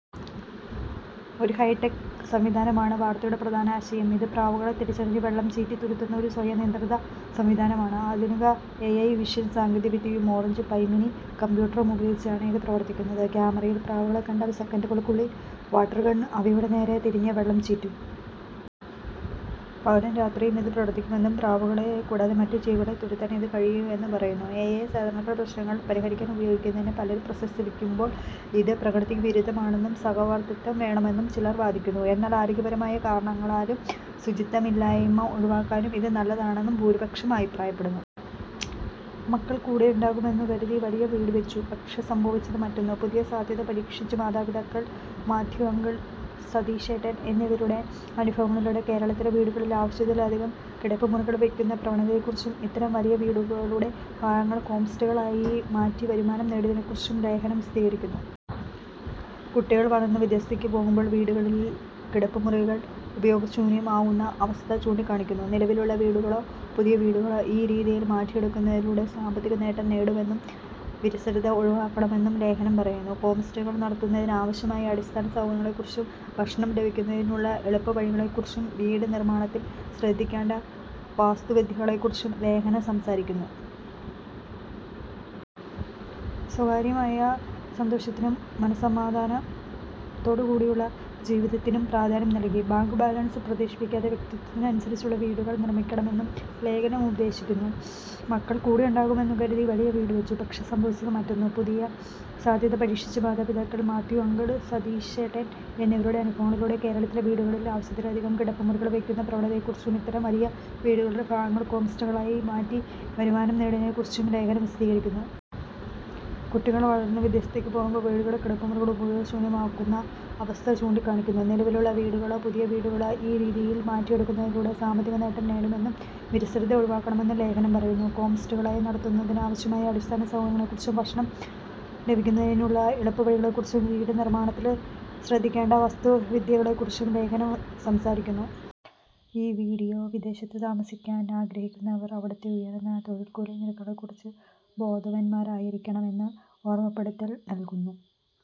ഒരു ഹൈടെക് സംവിധാനമാണ് വാർത്തയുടെ പ്രധാന ആശയം. ഇത് പ്രാവുകളെ തിരിച്ചറിഞ്ഞ് വെള്ളം ചീറ്റി തുരത്തുന്ന ഒരു സ്വയംനിയന്ത്രിത സംവിധാനമാണ്. അത്യാധുനിക എഐ വിഷൻ സാങ്കേതികവിദ്യയും ഓറഞ്ച് പൈ മിനി കമ്പ്യൂട്ടറും ഉപയോഗിച്ചാണ് ഇത് പ്രവർത്തിക്കുന്നത്. ക്യാമറയിൽ പ്രാവുകളെ കണ്ടാൽ സെക്കൻഡുകൾക്കുള്ളിൽ വാട്ടർ ഗൺ അവയുടെ നേരെ തിരിഞ്ഞ് വെള്ളം ചീറ്റും. പകലും രാത്രിയും ഇത് പ്രവർത്തിക്കുമെന്നും, പ്രാവുകളെ കൂടാതെ മറ്റ് ജീവികളെയും തുരത്താൻ ഇതിന് കഴിയും എന്നും പറയുന്നു. എഐ സാധാരണക്കാരുടെ പ്രശ്നങ്ങൾ പരിഹരിക്കാൻ ഉപയോഗിക്കുന്നതിനെ പലരും പ്രശംസിക്കുമ്പോൾ, ഇത് പ്രകൃതിക്ക് വിരുദ്ധമാണെന്നും സഹവർത്തിത്വം വേണമെന്നും ചിലർ വാദിക്കുന്നു. എന്നാൽ ആരോഗ്യപരമായ കാരണങ്ങളാലും ശുചിത്വമില്ലായ്മ ഒഴിവാക്കാനും ഇത് നല്ലതാണെന്ന് ഭൂരിപക്ഷം അഭിപ്രായപ്പെടുന്നു. മക്കൾ കൂടെയുണ്ടാകും എന്നുകരുതി വലിയ വീട് വച്ചു; പക്ഷേ സംഭവിച്ചത് മറ്റൊന്ന്; പുതിയ സാധ്യത പരീക്ഷിച്ച് മാതാപിതാക്കൾ മാത്യു അങ്കിൾ, സതീശേട്ടൻ എന്നിവരുടെ അനുഭവങ്ങളിലൂടെ, കേരളത്തിലെ വീടുകളിൽ ആവശ്യത്തിലധികം കിടപ്പുമുറികൾ വയ്ക്കുന്ന പ്രവണതയെക്കുറിച്ചും, ഇത്തരം വലിയ വീടുകളുടെ ഭാഗങ്ങൾ ഹോംസ്റ്റേകളായി മാറ്റി വരുമാനം നേടുന്നതിനെക്കുറിച്ചും ലേഖനം വിശദീകരിക്കുന്നു. കുട്ടികൾ വളർന്നു വിദേശത്തേക്ക് പോകുമ്പോൾ വീടുകളിൽ കിടപ്പുമുറികൾ ഉപയോഗശൂന്യമാകുന്ന അവസ്ഥ ചൂണ്ടിക്കാണിക്കുന്നു. നിലവിലുള്ള വീടുകളോ പുതിയ വീടുകളോ ഈ രീതിയിൽ മാറ്റിയെടുക്കുന്നതിലൂടെ സാമ്പത്തിക നേട്ടം നേടാമെന്നും, വിരസത ഒഴിവാക്കാമെന്നും ലേഖനം പറയുന്നു. ഹോംസ്റ്റേകൾ നടത്തുന്നതിന് ആവശ്യമായ അടിസ്ഥാന സൗകര്യങ്ങളെക്കുറിച്ചും, ഭക്ഷണം ലഭ്യമാക്കുന്നതിനുള്ള എളുപ്പവഴികളെക്കുറിച്ചും, വീട് നിർമ്മാണത്തിൽ ശ്രദ്ധിക്കേണ്ട വാസ്തുവിദ്യകളെക്കുറിച്ചും ലേഖനം സംസാരിക്കുന്നു. സ്വകാര്യമായ സന്തോഷത്തിനും മനസ്സ് സമാധാനത്തോടെയുള്ള ജീവിതത്തിനും പ്രാധാന്യം നൽകി, ബാങ്ക് ബാലൻസ് പ്രദർശിപ്പിക്കാതെ, വ്യക്തിത്വത്തിന് അനുസരിച്ചുള്ള വീടുകൾ നിർമ്മിക്കണമെന്നും ലേഖനം ഉപദേശിക്കുന്നു. മക്കൾ കൂടെയുണ്ടാകും എന്നുകരുതി വലിയ വീട് വച്ചു; പക്ഷേ സംഭവിച്ചത് മറ്റൊന്ന്; പുതിയ സാധ്യത പരീക്ഷിച്ച് മാതാപിതാക്കൾ മാത്യു അങ്കിൾ, സതീശേട്ടൻ എന്നിവരുടെ അനുഭവങ്ങളിലൂടെ, കേരളത്തിലെ വീടുകളിൽ ആവശ്യത്തിലധികം കിടപ്പുമുറികൾ വയ്ക്കുന്ന പ്രവണതയെക്കുറിച്ചും, ഇത്തരം വലിയ വീടുകളുടെ ഭാഗങ്ങൾ ഹോംസ്റ്റേകളായി മാറ്റി വരുമാനം നേടുന്നതിനെക്കുറിച്ചും ലേഖനം വിശദീകരിക്കുന്നു. കുട്ടികൾ വളർന്നു വിദേശത്തേക്ക് പോകുമ്പോൾ വീടുകളിൽ കിടപ്പുമുറികൾ ഉപയോഗശൂന്യമാകുന്ന അവസ്ഥ ചൂണ്ടിക്കാണിക്കുന്നു. നിലവിലുള്ള വീടുകളോ പുതിയ വീടുകളോ ഈ രീതിയിൽ മാറ്റിയെടുക്കുന്നതിലൂടെ സാമ്പത്തിക നേട്ടം നേടാമെന്നും, വിരസത ഒഴിവാക്കാമെന്നും ലേഖനം പറയുന്നു. ഹോംസ്റ്റേകൾ നടത്തുന്നതിന് ആവശ്യമായ അടിസ്ഥാന സൗകര്യങ്ങളെക്കുറിച്ചും, ഭക്ഷണം ലഭ്യമാക്കുന്നതിനുള്ള എളുപ്പവഴികളെക്കുറിച്ചും, വീട് നിർമ്മാണത്തിൽ ശ്രദ്ധിക്കേണ്ട വാസ്തുവിദ്യകളെക്കുറിച്ചും ലേഖനം സംസാരിക്കുന്നു. ഈ വിഡിയോ വിദേശത്ത് താമസിക്കാൻ ആഗ്രഹിക്കുന്നവർ അവിടുത്തെ ഉയർന്ന തൊഴിൽക്കൂലി നിരക്കുകളെക്കുറിച്ച് ബോധവാന്മാരായിരിക്കണം എന്ന ഓർമപ്പെടുത്തൽ നൽകുന്നു.